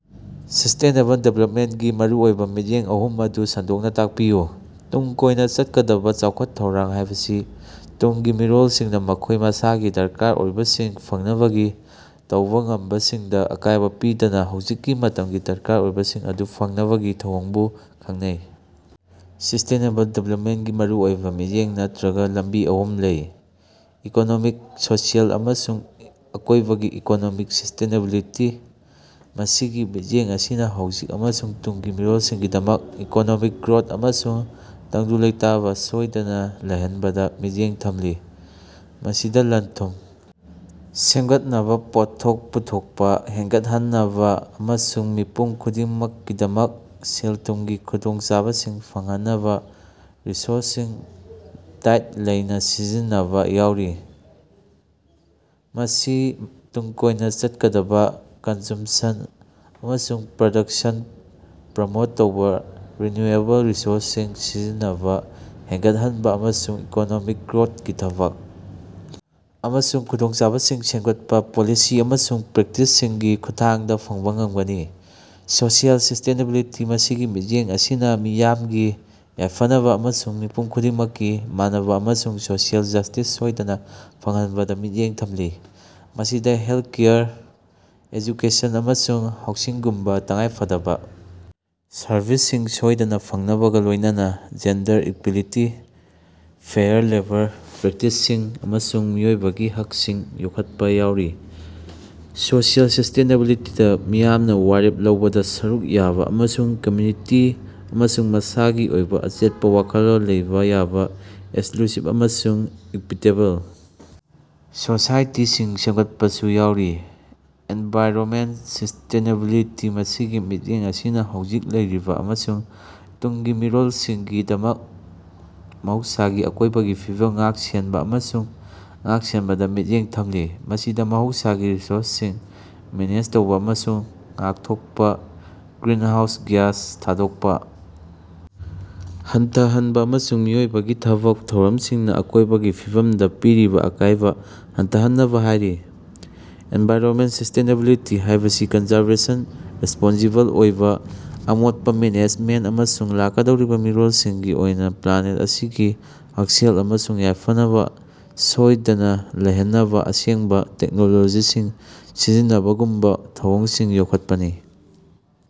Sustainable ꯗꯤꯕꯂꯞꯃꯦꯟꯒꯤ ꯃꯔꯨꯑꯣꯏꯕ ꯃꯤꯠꯌꯦꯡ ꯑꯍꯨꯝ ꯑꯗꯨ ꯁꯟꯗꯣꯛꯅ ꯇꯥꯛꯄꯤꯌꯨ꯫ ꯇꯨꯡ ꯀꯣꯏꯅ ꯆꯠꯀꯗꯕ ꯆꯥꯎꯈꯠ ꯊꯧꯔꯥꯡ ꯍꯥꯏꯕꯁꯤ ꯇꯨꯡꯒꯤ ꯃꯤꯔꯣꯜꯁꯤꯡꯅ ꯃꯈꯣꯏ ꯃꯁꯥꯒꯤ ꯗꯔꯀꯥꯔ ꯑꯣꯏꯕꯁꯤꯡ ꯐꯪꯅꯕꯒꯤ ꯇꯧꯕ ꯉꯝꯕꯁꯤꯡꯗ ꯑꯀꯥꯏꯕ ꯄꯤꯗꯅ ꯍꯧꯖꯤꯛꯀꯤ ꯃꯇꯝꯒꯤ ꯗꯔꯀꯥꯔ ꯑꯣꯏꯕꯁꯤꯡ ꯑꯗꯨ ꯐꯪꯅꯕꯒꯤ ꯊꯧꯑꯣꯡꯕꯨ ꯈꯪꯅꯩ꯫ ꯁꯤꯁꯇꯦꯅꯦꯕꯜ ꯗꯤꯕꯂꯞꯃꯦꯟꯒꯤ ꯃꯔꯨꯑꯣꯏꯕ ꯃꯤꯠꯌꯦꯡ ꯅꯠꯇꯔ꯭ꯒ ꯂꯝꯕꯤ ꯑꯍꯨꯝ ꯂꯩ꯫ ꯏꯀꯣꯅꯣꯃꯤꯛ ꯁꯣꯁꯤꯑꯦꯜ ꯑꯃꯁꯨꯡ ꯑꯀꯣꯏꯕꯒꯤ ꯏꯀꯣꯅꯣꯃꯤꯛ ꯁꯤꯁꯇꯦꯅꯦꯕꯤꯂꯤꯇꯤ ꯃꯁꯤꯒꯤ ꯃꯤꯠꯌꯦꯡ ꯑꯁꯤꯅ ꯍꯧꯖꯤꯛ ꯑꯃꯁꯨꯡ ꯇꯨꯡꯒꯤ ꯃꯤꯔꯣꯜꯁꯤꯡꯒꯤꯗꯃꯛ ꯏꯀꯣꯅꯣꯃꯤꯛ ꯒꯔꯣꯠ ꯑꯃꯁꯨꯡ ꯇꯪꯗꯨ ꯂꯩꯇꯥꯕ ꯁꯣꯏꯗꯅ ꯂꯩꯍꯟꯕꯗ ꯃꯤꯠꯌꯦꯡ ꯊꯝꯂꯤ꯫ ꯃꯁꯤꯗ ꯂꯟ ꯊꯨꯝ ꯁꯦꯝꯒꯠꯅꯕ ꯄꯣꯠꯊꯣꯛ ꯄꯨꯊꯣꯛꯄ ꯍꯦꯟꯒꯠꯍꯟꯅꯕ ꯑꯃꯁꯨꯡ ꯃꯤꯄꯨꯝ ꯈꯨꯗꯤꯡꯃꯛꯀꯤꯗꯃꯛ ꯁꯦꯜ ꯊꯨꯝꯒꯤ ꯈꯨꯗꯣꯡꯆꯥꯕꯁꯤꯡ ꯐꯪꯍꯟꯅꯕ ꯔꯤꯁꯣꯔꯁꯁꯤꯡ ꯗꯥꯏꯠ ꯂꯩꯅ ꯁꯤꯖꯤꯟꯅꯕ ꯌꯥꯎꯔꯤ꯫ ꯃꯁꯤ ꯇꯨꯡ ꯀꯣꯏꯅ ꯆꯠꯀꯗꯕ ꯀꯟꯖꯨꯝꯁꯟ ꯑꯃꯁꯨꯡ ꯄꯔꯗꯛꯁꯟ ꯄꯔꯃꯣꯠ ꯇꯧꯕ ꯔꯤꯟꯅꯨꯑꯦꯕꯜ ꯔꯤꯁꯣꯔꯁꯁꯤꯡ ꯁꯤꯖꯤꯟꯅꯕ ꯍꯦꯟꯒꯠꯍꯟꯕ ꯑꯃꯁꯨꯡ ꯏꯀꯣꯅꯣꯃꯤꯛ ꯒ꯭ꯔꯣꯠꯀꯤ ꯊꯕꯛ ꯑꯃꯁꯨꯡ ꯈꯨꯗꯣꯡꯆꯥꯕꯁꯤꯡ ꯁꯦꯝꯒꯠꯄ ꯄꯣꯂꯤꯁꯤ ꯑꯃꯁꯨꯡ ꯄ꯭ꯔꯦꯛꯇꯤꯁꯁꯤꯡꯒꯤ ꯈꯨꯠꯊꯥꯡꯗ ꯐꯪꯕ ꯉꯝꯒꯅꯤ꯫ ꯁꯣꯁꯤꯑꯦꯜ ꯁꯤꯁꯇꯦꯅꯦꯕꯤꯂꯤꯇꯤ ꯃꯁꯤꯒꯤ ꯃꯤꯠꯌꯦꯡ ꯑꯁꯤꯅ ꯃꯤꯌꯥꯝꯒꯤ ꯌꯥꯏꯐꯅꯕ ꯑꯃꯁꯨꯡ ꯃꯤꯄꯨꯝ ꯈꯨꯗꯤꯡꯃꯛꯀꯤ ꯃꯥꯟꯅꯕ ꯑꯃꯁꯨꯡ ꯁꯣꯁꯤꯑꯦꯜ ꯖꯁꯇꯤꯁ ꯁꯣꯏꯗꯅ ꯐꯪꯍꯟꯕꯗ ꯃꯤꯠꯌꯦꯡ ꯊꯝꯂꯤ꯫ ꯃꯁꯤꯗ ꯍꯦꯜꯀꯦꯌꯔ ꯑꯦꯖꯨꯀꯦꯁꯟ ꯑꯃꯁꯨꯡ ꯍꯥꯎꯁꯤꯡꯒꯨꯝꯕ ꯇꯉꯥꯏꯐꯗꯕ ꯁꯔꯚꯤꯁꯁꯤꯡ ꯁꯣꯏꯗꯅ ꯐꯪꯅꯕꯒ ꯂꯣꯏꯅꯅ ꯖꯦꯟꯗꯔ ꯏꯛꯕꯦꯂꯤꯇꯤ ꯐꯦꯌꯔ ꯂꯦꯕꯔ ꯄꯔ꯭ꯦꯛꯇꯤꯁꯁꯤꯡ ꯑꯃꯁꯨꯡ ꯃꯤꯑꯣꯏꯕꯒꯤ ꯍꯛꯁꯤꯡ ꯌꯣꯛꯈꯠꯄ ꯌꯥꯎꯔꯤ꯫ ꯁꯣꯁꯤꯑꯦꯜ ꯁꯤꯁꯇꯦꯅꯦꯕꯤꯂꯤꯇꯤꯗ ꯃꯤꯌꯥꯝꯅ ꯋꯥꯔꯦꯞ ꯂꯧꯕꯗ ꯁꯔꯨꯛ ꯌꯥꯕ ꯑꯃꯁꯨꯡ ꯀꯝꯃꯨꯅꯤꯇꯤ ꯑꯃꯁꯨꯡ ꯃꯁꯥꯒꯤ ꯑꯣꯏꯕ ꯑꯆꯦꯠꯄ ꯋꯥꯈꯜꯂꯣꯟ ꯂꯩꯕ ꯌꯥꯕ ꯑꯦꯁꯂꯨꯁꯤꯕ ꯑꯃꯁꯨꯡ ꯏꯛꯕꯤꯇꯦꯕꯜ ꯁꯣꯁꯥꯏꯇꯤꯁꯤꯡ ꯁꯦꯝꯒꯠꯄꯁꯨ ꯌꯥꯎꯔꯤ꯫ ꯑꯦꯟꯚꯥꯏꯔꯣꯃꯦꯟ ꯁꯤꯁꯇꯦꯅꯦꯕꯤꯂꯤꯇꯤ ꯃꯁꯤꯒꯤ ꯃꯤꯠꯌꯦꯡ ꯑꯁꯤꯅ ꯍꯧꯖꯤꯛ ꯂꯩꯔꯤꯕ ꯑꯃꯁꯨꯡ ꯇꯨꯡꯒꯤ ꯃꯤꯔꯣꯜꯁꯤꯡꯒꯤꯗꯃꯛ ꯃꯍꯧꯁꯥꯒꯤ ꯑꯀꯣꯏꯕꯒꯤ ꯐꯤꯕꯝ ꯉꯥꯛ ꯁꯦꯟꯕ ꯑꯃꯁꯨꯡ ꯉꯥꯛ ꯁꯦꯟꯕꯗ ꯃꯤꯠꯌꯦꯡ ꯊꯝꯂꯤ꯫ ꯃꯁꯤꯗ ꯃꯍꯧꯁꯥꯒꯤ ꯔꯤꯁꯣꯔꯁꯁꯤꯡ ꯃꯦꯅꯦꯖ ꯇꯧꯕ ꯑꯃꯁꯨꯡ ꯉꯥꯛꯊꯣꯛꯄ ꯒ꯭ꯔꯤꯟꯍꯥꯎꯁ ꯒꯤꯌꯥꯁ ꯊꯥꯗꯣꯛꯄ ꯍꯟꯊꯍꯟꯕ ꯑꯃꯁꯨꯡ ꯃꯤꯑꯣꯏꯕꯒꯤ ꯊꯕꯛ ꯊꯧꯔꯝꯁꯤꯡꯅ ꯑꯀꯣꯏꯕꯒꯤ ꯐꯤꯕꯝꯗ ꯄꯤꯔꯤꯕ ꯑꯀꯥꯏꯕ ꯍꯟꯊꯍꯟꯅꯕ ꯍꯥꯏꯔꯤ꯫ ꯑꯦꯟꯚꯥꯏꯔꯣꯃꯦꯟ ꯁꯤꯁꯇꯦꯅꯦꯕꯤꯂꯤꯇꯤ ꯍꯥꯏꯕꯁꯤ ꯀꯟꯖꯔꯕꯦꯁꯟ ꯔꯦꯁꯄꯣꯟꯁꯤꯕꯜ ꯑꯣꯏꯕ ꯑꯃꯣꯠꯄ ꯃꯦꯅꯦꯖꯃꯦꯟ ꯑꯃꯁꯨꯡ ꯂꯥꯛꯀꯗꯧꯔꯤꯕ ꯃꯤꯔꯣꯜꯁꯤꯡꯒꯤ ꯑꯣꯏꯅ ꯄꯂ꯭ꯥꯅꯦꯠ ꯑꯁꯤꯒꯤ ꯍꯛꯁꯦꯜ ꯑꯃꯁꯨꯡ ꯌꯥꯏꯐꯅꯕ ꯁꯣꯏꯗꯅ ꯂꯩꯍꯟꯅꯕ ꯑꯁꯦꯡꯕ ꯇꯦꯛꯅꯣꯂꯣꯖꯤꯁꯤꯡ ꯁꯤꯖꯤꯟꯅꯕꯒꯨꯝꯕ ꯊꯧꯑꯣꯡꯁꯤꯡ ꯌꯣꯛꯈꯠꯄꯅꯤ꯫